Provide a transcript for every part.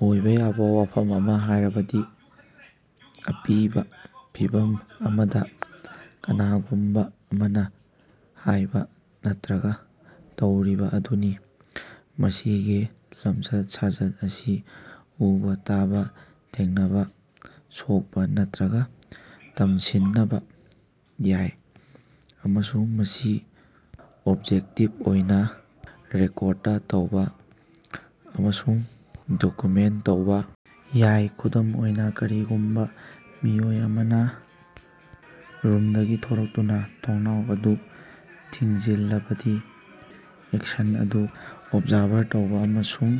ꯑꯣꯏꯕ ꯌꯥꯕ ꯋꯥꯐꯝ ꯑꯃꯥ, ꯍꯥꯏꯕꯗꯤ ꯑꯄꯤꯕ ꯐꯤꯚꯝ ꯑꯃꯗꯥ ꯀꯅꯥꯒꯨꯝꯕꯥ ꯑꯃꯅꯥ ꯍꯥꯏꯕ ꯅꯠꯇ꯭ꯔꯒ ꯇꯧꯔꯤꯕꯥ ꯑꯗꯨꯅꯤ꯫ ꯃꯁꯤꯒꯤ ꯂꯝꯆꯠ-ꯁꯥꯖꯠ ꯑꯁꯤ ꯎꯕꯥ, ꯇꯥꯕ, ꯊꯦꯡꯅꯕ, ꯁꯣꯛꯄ ꯅꯠꯇ꯭ꯔꯒ ꯇꯝꯁꯤꯟꯅꯕ ꯌꯥꯏ ꯑꯃꯁꯨꯡ ꯃꯁꯤ ꯑꯣꯕꯖꯦꯛꯇꯤꯚ ꯑꯣꯏꯅ ꯔꯦꯀꯣꯔꯗ ꯇꯧꯕ ꯑꯃꯁꯨꯡ ꯗꯣꯛꯌꯨꯃꯦꯟꯇ ꯇꯧꯕ ꯌꯥꯏ꯫ ꯈꯨꯗꯝ ꯑꯣꯏꯅ, ꯀꯔꯤꯒꯨꯝꯕ ꯃꯤꯑꯣꯏ ꯑꯃꯅꯥ ꯔꯨꯝꯗꯒꯤ ꯊꯣꯔꯛꯇꯨꯅ ꯊꯣꯡꯅꯥꯎ ꯑꯗꯨ ꯊꯤꯡꯖꯤꯜꯂꯕꯗꯤ, ꯑꯦꯛꯁꯟ ꯑꯗꯨ ꯑꯣꯕꯖꯥꯔꯚ ꯇꯧꯕ ꯑꯃꯁꯨꯡ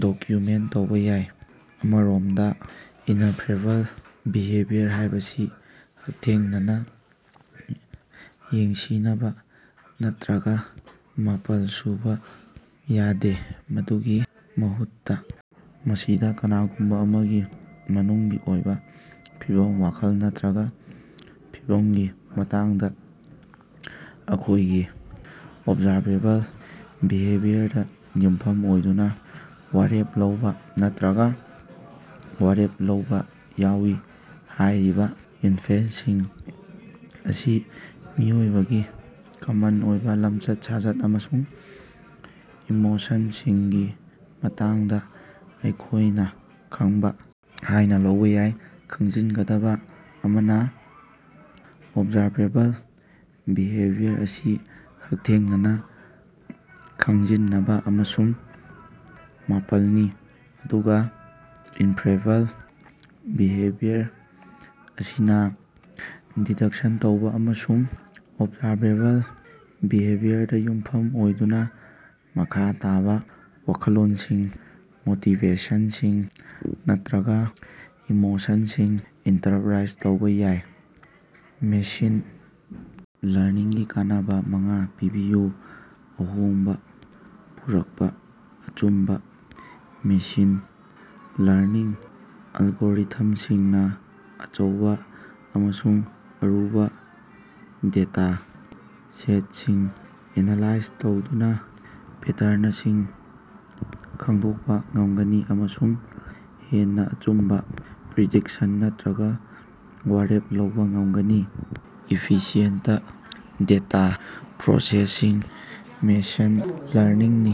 ꯗꯣꯛꯌꯨꯃꯦꯟꯇ ꯇꯧꯕ ꯌꯥꯏ꯫ ꯑꯃꯔꯣꯝꯗ "ꯏꯅꯐꯦꯔꯦꯕꯜ "" ꯕꯤꯍꯦꯕꯤꯌꯔ" ꯍꯥꯏꯕꯁꯤ ꯍꯛꯊꯦꯡꯅꯅꯥ ꯌꯦꯡꯁꯤꯅꯕ ꯅꯠꯇ꯭ꯔꯒꯥ ꯃꯥꯄꯜ ꯁꯨꯕ ꯌꯥꯗꯦ꯫ ꯃꯗꯨꯒꯤ ꯃꯍꯨꯠꯇꯥ, ꯃꯁꯤꯗ ꯀꯅꯥꯒꯨꯝꯕ ꯑꯃꯒꯤ ꯃꯅꯨꯡꯒꯤ ꯑꯣꯏꯕ ꯐꯤꯚꯝ, ꯋꯥꯈꯜ ꯅꯠꯇ꯭ꯔꯒ ꯐꯤꯚꯝꯒꯤ ꯃꯇꯥꯡꯗ, ꯃꯈꯣꯏꯒꯤ ꯑꯣꯕꯖꯥꯔꯕꯦꯕꯜ ꯕꯤꯍꯦꯕꯤꯌꯔꯗꯥ ꯌꯨꯝꯐꯝ ꯑꯣꯏꯗꯨꯅ ꯋꯥꯔꯦꯞ ꯂꯧꯕ ꯅꯠꯇ꯭ꯔꯒ ꯋꯥꯔꯦꯞ ꯂꯧꯕ ꯌꯥꯎꯏ꯫ ꯍꯥꯏꯔꯤꯕ ꯏꯟꯐꯦꯟꯁꯁꯤꯡ ꯑꯁꯤ ꯃꯤꯑꯣꯏꯕꯒꯤ ꯀꯃꯟ ꯑꯣꯏꯕ ꯂꯝꯆꯠ-ꯁꯥꯖꯠ ꯑꯃꯁꯨꯡ ꯏꯃꯣꯁꯟꯁꯤꯡꯒꯤ ꯃꯇꯥꯡꯗꯥ ꯑꯩꯈꯣꯏꯅ ꯈꯪꯕꯥ ꯍꯥꯏꯅ ꯂꯧꯕ ꯌꯥꯏ꯫ ꯈꯪꯖꯟꯒꯗꯕ ꯑꯃꯅꯥ, ꯑꯣꯕꯖꯥꯔꯕꯦꯕꯜ ꯕꯤꯍꯦꯕꯤꯌꯔ ꯑꯁꯤ ꯍꯛꯊꯦꯡꯅꯅꯥ ꯈꯪꯖꯟꯅꯕꯥ ꯑꯃꯁꯨꯡ ꯃꯥꯄꯜꯅꯤ ꯑꯗꯨꯒꯥ ꯏꯅꯐꯦꯔꯦꯕꯜ ꯕꯤꯍꯦꯕꯤꯌꯔ ꯑꯁꯤꯅꯥ ꯗꯤꯗꯛꯁꯟ ꯇꯧꯕ ꯑꯃꯁꯨꯡ ꯑꯣꯕꯖꯥꯔꯕꯦꯕꯜ ꯕꯤꯍꯦꯕꯤꯌꯔꯗꯥ ꯌꯨꯝꯐꯝ ꯑꯣꯏꯗꯨꯅ ꯃꯈꯥ ꯇꯥꯕꯥ ꯋꯥꯈꯜꯂꯣꯟꯁꯤꯡ, ꯃꯣꯇꯤꯕꯦꯁꯟꯁꯤꯡ ꯅꯠꯇ꯭ꯔꯒ ꯏꯃꯣꯁꯟꯁꯤꯡ ꯏꯟꯇꯔꯞꯔꯥꯏꯖ ꯇꯧꯕ ꯌꯥꯎꯏ꯫ ꯃꯦꯁꯤꯟ ꯂꯔꯅꯤꯡꯒꯤ ꯀꯥꯟꯅꯕ ꯃꯉꯥ ꯄꯤꯕꯤꯌꯨ꯫ ꯑꯍꯣꯡꯕ ꯄꯨꯔꯛꯄ ꯑꯆꯨꯝꯕ ꯃꯦꯁꯤꯟ ꯂꯔꯅꯤꯡ ꯑꯦꯂꯒꯣꯔꯤꯊꯝꯁꯤꯡꯅ ꯑꯆꯧꯕ ꯑꯃꯁꯨꯡ ꯑꯔꯨꯕ ꯗꯦꯇꯥ ꯁꯦꯠꯁꯤꯡ ꯑꯦꯅꯥꯂꯥꯏꯖ ꯇꯧꯗꯨꯅꯥ ꯄꯦꯇꯔꯅꯁꯤꯡ ꯈꯪꯗꯣꯛꯄ ꯉꯝꯒꯅꯤ ꯑꯃꯁꯨꯡ ꯍꯦꯟꯅꯥ ꯑꯆꯨꯝꯕ ꯄ꯭ꯔꯤꯗꯤꯛꯁꯟ ꯅꯠꯇ꯭ꯔꯒ ꯋꯥꯔꯦꯞ ꯂꯧꯕ ꯉꯝꯒꯅꯤ꯫ ꯏꯐꯤꯁꯤꯌꯦꯟꯇ ꯗꯦꯇꯥ ꯄ꯭ꯔꯣꯁꯦꯁꯤꯡ: ꯃꯦꯁꯤꯟ ꯂꯔꯅꯤꯡꯅꯥ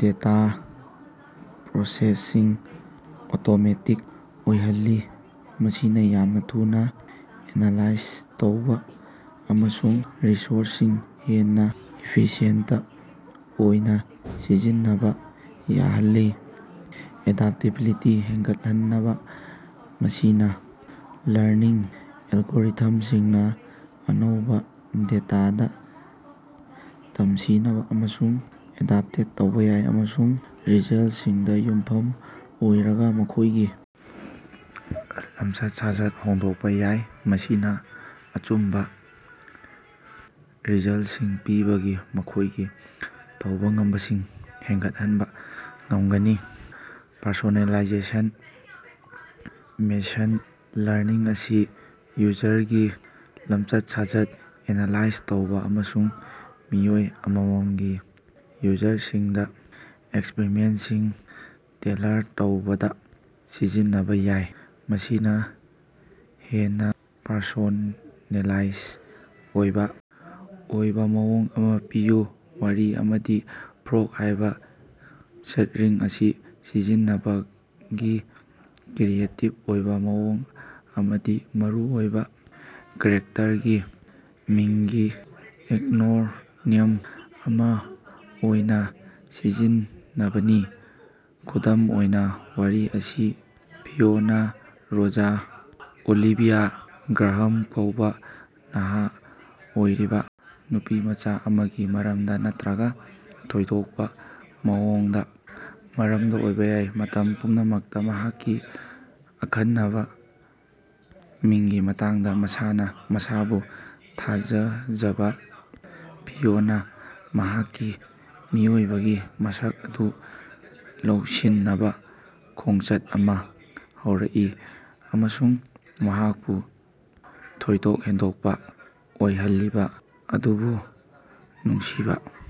ꯗꯦꯇꯥ ꯄ꯭ꯔꯣꯁꯦꯁꯤꯡ ꯑꯣꯇꯣꯃꯦꯇꯤꯛ ꯑꯣꯏꯍꯜꯂꯤ, ꯃꯁꯤꯅꯥ ꯌꯥꯝꯅ ꯊꯨꯅꯥ ꯑꯦꯅꯥꯂꯥꯏꯁꯤꯁ ꯇꯧꯕ ꯑꯃꯁꯨꯡ ꯔꯤꯁꯣꯔꯁꯁꯤꯡ ꯍꯦꯟꯅꯥ ꯏꯐꯤꯁꯤꯌꯦꯟꯇ ꯑꯣꯏꯅ ꯁꯤꯖꯤꯟꯅꯕ ꯌꯥꯍꯜꯂꯤ꯫ ꯑꯦꯗꯥꯞꯇꯦꯕꯤꯂꯤꯇꯤ ꯍꯦꯟꯒꯠꯍꯅꯕ ꯃꯦꯁꯤꯟ ꯂꯔꯅꯤꯡ ꯑꯦꯂꯒꯣꯔꯤꯊꯃꯁꯤꯡꯅꯥ ꯑꯅꯧꯕꯥ ꯗꯦꯇꯥꯗꯥ ꯇꯝꯁꯤꯅꯕ ꯑꯃꯁꯨꯡ ꯑꯦꯗꯞꯇꯦꯠ ꯇꯧꯕ ꯌꯥꯏ, ꯑꯃꯁꯨꯡ ꯔꯤꯖꯜꯇꯁꯤꯡꯗ ꯌꯨꯃꯐꯝ ꯑꯣꯏꯔꯒ ꯃꯈꯣꯏꯒꯤ ꯂꯃꯆꯠ-ꯁꯥꯖꯠ ꯍꯣꯡꯗꯣꯛꯄ ꯌꯥꯏ, ꯃꯁꯤꯅꯥ ꯑꯆꯨꯝꯕ ꯔꯤꯖꯜꯇꯁꯤꯡ ꯄꯤꯕꯒꯤ ꯃꯈꯣꯏꯒꯤ ꯇꯧꯕ ꯉꯝꯕꯁꯤꯡ ꯍꯦꯟꯒꯠꯍꯅꯕ ꯉꯝꯒꯅꯤ꯫ ꯄꯔꯁꯣꯅꯦꯂꯥꯏꯖꯦꯁꯟ: ꯃꯦꯁꯤꯟ ꯂꯔꯅꯤꯡ ꯑꯁꯤ ꯌꯨꯖꯔꯒꯤ ꯂꯝꯆꯠ-ꯁꯥꯖꯠ ꯑꯦꯅꯥꯂꯥꯏꯖ ꯇꯧꯕꯥ ꯑꯃꯁꯨꯡ ꯃꯤꯑꯣꯏ ꯑꯃꯃꯃꯒꯤ ꯌꯨꯖꯔꯁꯤꯡꯗꯥ ꯑꯦꯛꯁꯄꯔꯤꯌꯦꯟꯁꯁꯤꯡ ꯇꯦꯜꯂꯔ ꯇꯧꯕꯗꯥ ꯁꯤꯖꯤꯟꯅꯕꯥ ꯌꯥꯏ, ꯃꯁꯤꯅ ꯍꯦꯟꯅꯥ ꯄꯔꯁꯣꯅꯦꯂꯥꯏꯖ ꯑꯣꯏꯕ ꯑꯣꯏꯕ ꯃꯑꯣꯡ ꯑꯃꯥ ꯄꯤꯌꯨ꯫ ꯋꯥꯔꯤ ꯑꯃꯗꯥ "ꯐ꯭ꯔꯣꯒ" ꯍꯥꯏꯕ ꯁ꯭ꯠꯔꯤꯡ ꯑꯁꯤ ꯁꯤꯖꯤꯟꯅꯕꯒꯤ ꯀ꯭ꯔꯤꯌꯦꯇꯤꯕ ꯑꯣꯏꯕ ꯃꯑꯣꯡ ꯑꯃꯗꯤ ꯃꯔꯨꯑꯣꯏꯕ ꯀꯦꯔꯦꯛꯇꯔꯒꯤ ꯃꯤꯡꯒꯤ ꯑꯦꯛꯔꯣꯅꯤꯝ ꯑꯃꯥ ꯑꯣꯏꯅꯥ ꯁꯤꯖꯤꯟꯅꯕꯅꯤ꯫ ꯈꯨꯗꯝ ꯑꯣꯏꯅ, ꯋꯥꯔꯤ ꯑꯁꯤ ꯐꯤꯑꯣꯅꯥ ꯔꯣꯖ ꯑꯣꯂꯤꯚꯤꯌꯥ ꯒ꯭ꯔꯥꯍꯥꯝ ꯀꯧꯕ ꯅꯍꯥ ꯑꯣꯏꯔꯤꯕ ꯅꯨꯄꯤꯃꯆꯥ ꯑꯃꯒꯤ ꯃꯔꯝꯗ ꯅꯠꯇ꯭ꯔꯒ ꯊꯣꯏꯗꯣꯛꯄ ꯃꯑꯣꯡꯗꯒꯤ ꯃꯔꯝꯗꯥꯑꯣꯏꯕ ꯌꯥꯏ꯫ ꯃꯇꯝ ꯄꯨꯝꯅꯃꯛꯇ ꯃꯍꯥꯛꯀꯤ ꯑꯈꯟꯅꯕ ꯃꯤꯡꯒꯤ ꯃꯇꯥꯡꯗ ꯃꯁꯥꯅꯥ ꯃꯁꯥꯕꯨ ꯊꯥꯖꯖꯕ ꯐꯤꯑꯣꯅꯥ ꯃꯍꯥꯛꯀꯤ ꯃꯤꯑꯣꯏꯕꯒꯤ ꯃꯁꯛ ꯑꯗꯨ ꯂꯧꯁꯤꯟꯅꯕ ꯈꯣꯡꯆꯠ ꯑꯃꯥ ꯍꯧꯔꯛꯏ ꯑꯃꯁꯨꯡ ꯃꯍꯥꯛꯄꯨ ꯊꯣꯏꯗꯣꯛ ꯍꯦꯟꯗꯣꯛꯄ ꯑꯣꯏꯍꯜꯂꯤꯕꯥ ꯑꯗꯨꯕꯨ ꯅꯨꯡꯁꯤꯕꯥ